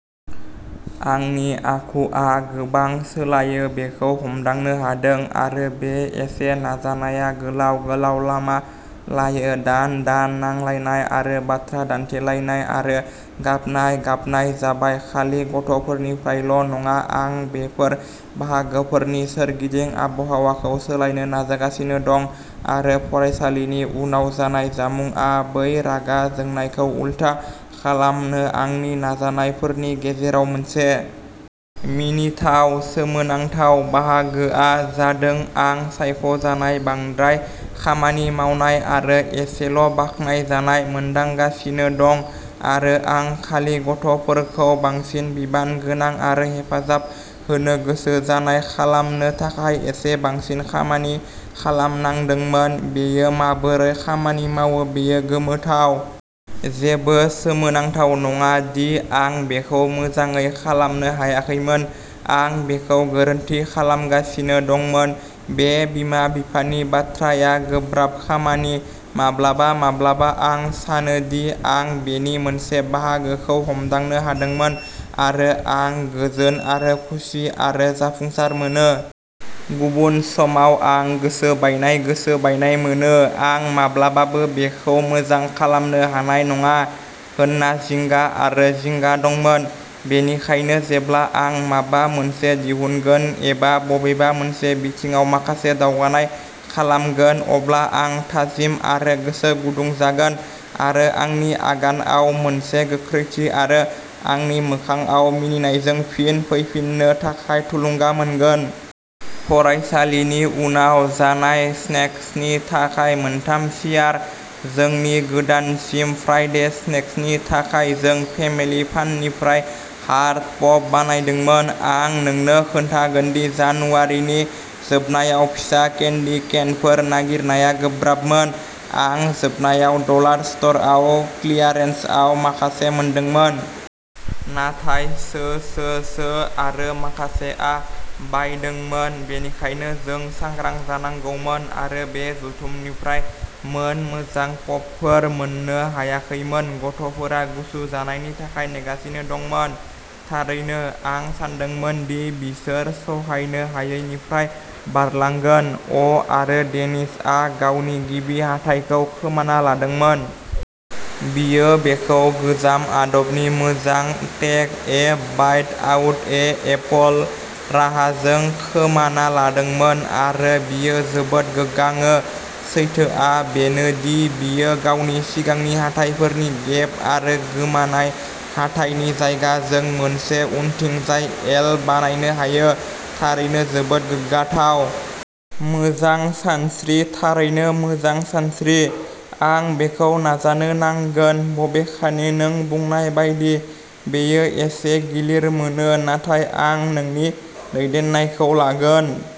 आंनि आखुआ गोबां सोलायो बेखौ हमदांनो हादों। आरो बे एसे नाजानाया गोलाव, गोलाव लामा लायो। दान-दान नांलायनाय आरो बाथ्रा दान्थेलायनाय आरो गाबनाय-गाबनाय जाबाय, खालि गथ'फोरनिफ्रायल'नङा। आं बेफोर बाहागोफोरनि सोरगिदिं आबहावाखौ सोलायनो नाजागासिनो दं आरो फरायसालिनि उनाव जानाय जामुंआ बै रागा जोंनायखौ उलथा खालामनो आंनि नाजानायफोरनि गेजेराव मोनसे। मिनिथाव/सोमोनांथाव बाहागोआ जादोंआं सायख'जानाय, बांद्राय खामानि मावनाय आरो एसेल'बाख्नायजानाय मोनदांगासिनो दं आरो आं खालि गथ'फोरखौ बांसिन बिबानगोनां आरो हेफाजाब होनो गोसो जानाय खालामनो थाखाय एसे बांसिन खामानि खालामनांदोंमोन। बेयो माबोरै खामानि मावो बेयो गोमोथाव। जेबो सोमोनांथाव नङा दि आं बेखौ मोजाङै खालामनो हायाखैमोन। आं बेखौ गोरोन्थि खालामगासिनो दंमोन। बे बिमा-बिफानि बाथ्राया गोब्राब खामानि। माब्लाबा माब्लाबा आं सानो दि आं बेनि मोनसे बाहागोखौ हमदांनो हादोंमोन आरो आं गोजोन आरो खुसि आरो जाफुंसार मोनो। गुबुन समाव आं गोसो बायनाय, गोसो बायनाय मोनो। आं माब्लाबाबो बेखौ मोजां खालामनो हानाय नङा होनना जिंगा आरो जिंगा दंमोन। बेनिखायनो जेब्ला आं माबा मोनसे दिहुनगोन एबा बबेबा मोनसे बिथिङाव माखासे दावगानाय खालामगोन, अब्ला आं थाजिम आरो गोसो गुदुं जागोन आरो आंनि आगानआव मोनसे गोख्रैथि आरो आंनि मोखांआव मिनिनायजों फिन फैफिननो थाखाय थुलुंगा मोनगोन। फरायसालिनि उनाव जानाय स्नेक्सनि थाखाय मोनथाम चियार। जोंनि गोदानसिन फ्राइडे स्नेक्सनि थाखाय जों फेमिलि फाननिफ्राय हार्ट पप बानायदोंमोन। आं नोंनो खोन्थागोनदि जानुवारिनि जोबनायाव फिसा केन्डी केनफोर नागिरनाया गोब्राबमोन। आं जोबनायाव डलार स्ट'रआव क्लियारेन्सआव माखासे मोनदोंमोन। नाथाय सोसोसो। आरो माखासेआ बायदोंमोन। बेनिखायनो जों सांग्रां जानांगौमोन आरो बे जुथुमनिफ्राय मोन मोजां पपफोर मोननो हायाखैमोन। गथ'फोरा गुसु जानायनि थाखाय नेगासिनो दंमोन। थारैनो। आं सानदोंमोन दि बिसोर सहायनो हायैनिफ्राय बारलांगोन। अ'आरो डेनिसआ गावनि गिबि हाथाइखौ खोमाना लादोंमोन। बियो बेखौ गोजाम आदबनि मोजां, टेक-ए-बाइट-आउट-ए-एपोल राहाजों खोमाना लादोंमोन। आरो बियो जोबोद गोग्गाङो। सैथोआ बेनो दि बियो गावनि सिगांनि हाथाइफोरनि गेप आरो गोमानाय हाथाइनि जायगाजों मोनसे उनथिंजाय "एल" बानायनो हायो। थारैनो जोबोद गोग्गाथाव। मोजां सानस्रि, थारैनो मोजां सानस्रि। आं बेखौ नाजानो नांगोन, बबेखानि नों बुंनाय बायदि, बेयो एसे गिलिर मोनो, नाथाय आं नोंनि दैदेननायखौ लागोन।